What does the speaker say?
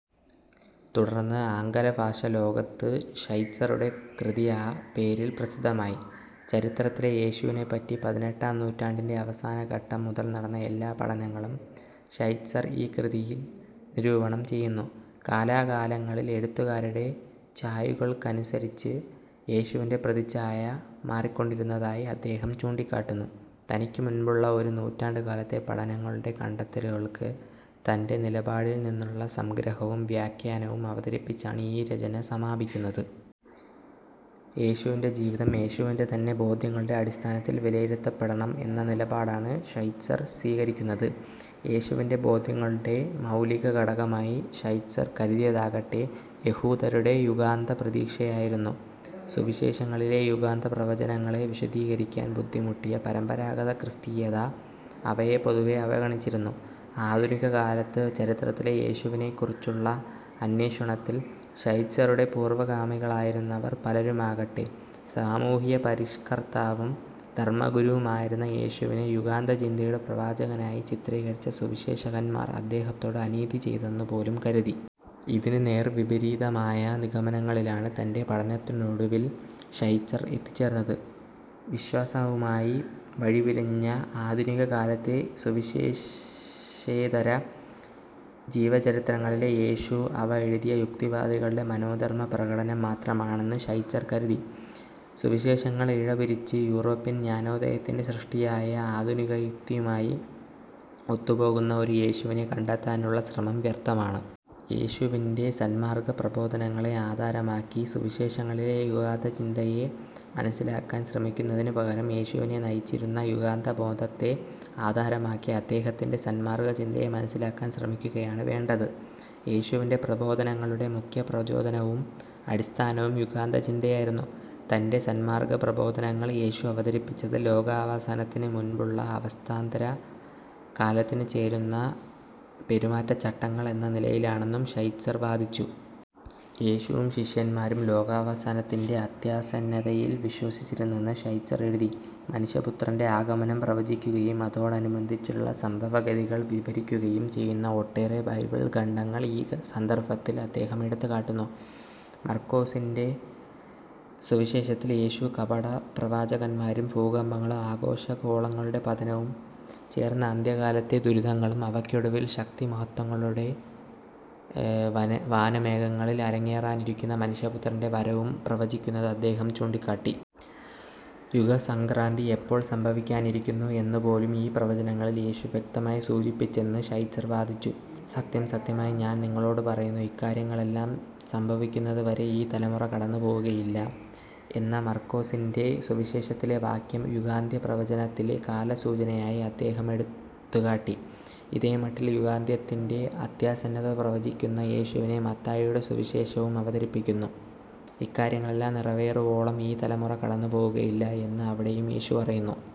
തുടർന്ന്, ആംഗലഭാഷ ലോകത്ത് ഷ്വൈറ്റ്സറുടെ കൃതി ആ പേരിൽ പ്രസിദ്ധമായി. ചരിത്രത്തിലെ യേശുവിനെപ്പറ്റി പതിനെട്ടാം നൂറ്റാണ്ടിന്റെ അവസാനഘട്ടം മുതൽ നടന്ന എല്ലാ പഠനങ്ങളും ഷ്വൈറ്റ്സർ ഈ കൃതിയിൽ നിരൂപണം ചെയ്യുന്നു. കാലാകാലങ്ങളിൽ എഴുത്തുകാരുടെ ചായ്വുകൾക്കനുസരിച്ച് യേശുവിന്റെ പ്രതിച്ഛായ മാറിക്കൊണ്ടിരുന്നതായി അദ്ദേഹം ചൂണ്ടിക്കാട്ടുന്നു. തനിക്കു മുൻപുള്ള ഒരു നൂറ്റാണ്ടുകാലത്തെ പഠനങ്ങളുടെ കണ്ടെത്തലുകൾക്ക് തന്റെ നിലപാടിൽ നിന്നുള്ള സംഗ്രഹവും വ്യാഖ്യാനവും അവതരിപ്പിച്ചാണ് ഈ രചന സമാപിക്കുന്നത്. യേശുവിന്റെ ജീവിതം യേശുവിന്റെ തന്നെ ബോദ്ധ്യങ്ങളുടെ അടിസ്ഥാനത്തിൽ വിലയിരുത്തപ്പെടണം എന്ന നിലപാടാണ് ഷ്വൈറ്റ്സർ സ്വീകരിക്കുന്നത്. യേശുവിന്റെ ബോദ്ധ്യങ്ങളുടെ മൗലികഘടകമായി ഷ്വൈറ്റ്സർ കരുതിയതാകട്ടെ, യഹൂദരുടെ യുഗാന്തപ്രതീക്ഷ ആയിരുന്നു. സുവിശേഷങ്ങളിലെ യുഗാന്തപ്രവചനങ്ങളെ വിശദീകരിക്കാൻ ബുദ്ധിമുട്ടിയ പരമ്പരാഗതക്രിസ്തീയത, അവയെ പൊതുവേ അവഗണിച്ചിരുന്നു. ആധുനികകാലത്ത് ചരിത്രത്തിലെ യേശുവിനെക്കുറിച്ചുള്ള അന്വേഷണത്തിൽ ഷ്വൈറ്റ്സറുടെ പൂർവഗാമികളായിരുന്നവർ പലരുമാകട്ടെ, സാമൂഹ്യപരിഷ്കർത്താവും ധർമ്മഗുരുവും ആയിരുന്ന യേശുവിനെ യുഗാന്തചിന്തയുടെ പ്രവാചകനായി ചിത്രീകരിച്ച സുവിശേഷകന്മാർ അദ്ദേഹത്തോട് അനീതിചെയ്തെന്നു പോലും കരുതി. ഇതിനു നേർവിപരീതമായ നിഗമനങ്ങളിലാണ് തന്റെ പഠനത്തിനൊടുവിൽ ഷ്വൈറ്റ്സർ എത്തിച്ചേർന്നത്. വിശ്വാസവുമായി വഴിപിരിഞ്ഞ ആധുനിക കാലത്തെ സുവിശേഷേതര ജീവചരിത്രങ്ങളിലെ യേശു, അവ എഴുതിയ യുക്തിവാദികളുടെ മനോധർമ്മപ്രകടനം മാത്രമാണെന്ന് ഷ്വൈറ്റ്സർ കരുതി. സുവിശേഷങ്ങൾ ഇഴ പിരിച്ച്, യൂറോപ്യൻ ജ്ഞാനോദയത്തിന്റെ സൃഷ്ടിയായ ആധുനികയുക്തിയുമായി ഒത്തുപോകുന്ന ഒരു യേശുവിനെ കണ്ടെത്താനുള്ള ശ്രമം വ്യർഥമാണ്. യേശുവിന്റെ സന്മാർഗ്ഗപ്രബോധനങ്ങളെ ആധാരമാക്കി സുവിശേഷങ്ങളിലെ യുഗാന്തചിന്തയെ മനസ്സിലാക്കാൻ ശ്രമിക്കുന്നതിനു പകരം യേശുവിനെ നയിച്ചിരുന്ന യുഗാന്തബോധത്തെ ആധാരമാക്കി അദ്ദേഹത്തിന്റെ സന്മാർഗ്ഗചിന്തയെ മനസ്സിലാക്കാൻ ശ്രമിക്കുകയാണ് വേണ്ടത്. യേശുവിന്റെ പ്രബോധനങ്ങളുടെ മുഖ്യ പ്രചോദനവും അടിസ്ഥാനവും യുഗാന്തചിന്തയായിരുന്നു. തന്റെ സന്മാർഗ്ഗപ്രബോധനങ്ങൾ യേശു അവതരിപ്പിച്ചത് ലോകാവസാനത്തിനു മുൻപുള്ള അവസ്ഥാന്തരകാലത്തിനു ചേരുന്ന പെരുമാറ്റചട്ടങ്ങൾ എന്ന നിലയിലാണെന്നും ഷ്വൈറ്റ്സർ വാദിച്ചു. യേശുവും ശിഷ്യന്മാരും ലോകാവസാനത്തിന്റെ അത്യാസന്നതയിൽ വിശ്വസിച്ചിരുന്നെന്ന് ഷ്വൈറ്റ്സർ എഴുതി. 'മനുഷ്യപുത്രന്റെ' ആഗമനം പ്രവചിക്കുകയും അതോടനുബന്ധിച്ചുള്ള സംഭവഗതികൾ വിവരിക്കുകയും ചെയ്യുന്ന ഒട്ടേറെ ബൈബിൾ ഖണ്ഡങ്ങൾ ഈ സന്ദർഭത്തിൽ അദ്ദേഹം എടുത്തുകാട്ടുന്നു. മർക്കോസിന്റെ സുവിശേഷത്തിൽ യേശു, കപടപ്രവാചകന്മാരും, ഭൂകമ്പങ്ങളും, ആകാശഗോളങ്ങളുടെ പതനവും, ചേർന്ന അന്ത്യകാലത്തെ "ദുരിതങ്ങളും" അവക്കൊടുവിൽ "ശക്തിമഹത്ത്വങ്ങളോടെ വാനമേഘങ്ങളിൽ" അരങ്ങേറാനിരിക്കുന്ന മനുഷ്യപുത്രന്റെ വരവും പ്രവചിക്കുന്നത് അദ്ദേഹം ചൂണ്ടിക്കാട്ടി. യുഗസംക്രാന്തി എപ്പോൾ സംഭവിക്കാനിരിക്കുന്നു എന്നു പോലും ഈ പ്രവചനങ്ങളിൽ യേശു വ്യക്തമായി സൂചിപ്പിച്ചെന്ന് ഷ്വൈറ്റ്സർ വാദിച്ചു: "സത്യം സത്യമായി ഞാൻ നിങ്ങളോടു പറയുന്നു, ഇക്കാര്യങ്ങളെല്ലാം സംഭവിക്കുന്നതു വരെ ഈ തലമുറ കടന്നു പോവുകയില്ല" എന്ന മർക്കോസിന്റെ സുവിശേഷത്തിലെ വാക്യം യുഗാന്ത്യപ്രവചനത്തിലെ കാലസൂചനയായി അദ്ദേഹം എടുത്തുകാട്ടി. ഇതേമട്ടിൽ യുഗാന്ത്യത്തിന്റെ അത്യാസന്നത പ്രവചിക്കുന്ന യേശുവിനെ മത്തായിയുടെ സുവിശേഷവും അവതരിപ്പിക്കുന്നു: "ഇക്കാര്യങ്ങളെല്ലാം നിറവേറുവോളം ഈ തലമുറ കടന്നുപോവുകയില്ല" എന്ന് അവിടെയും യേശു പറയുന്നു.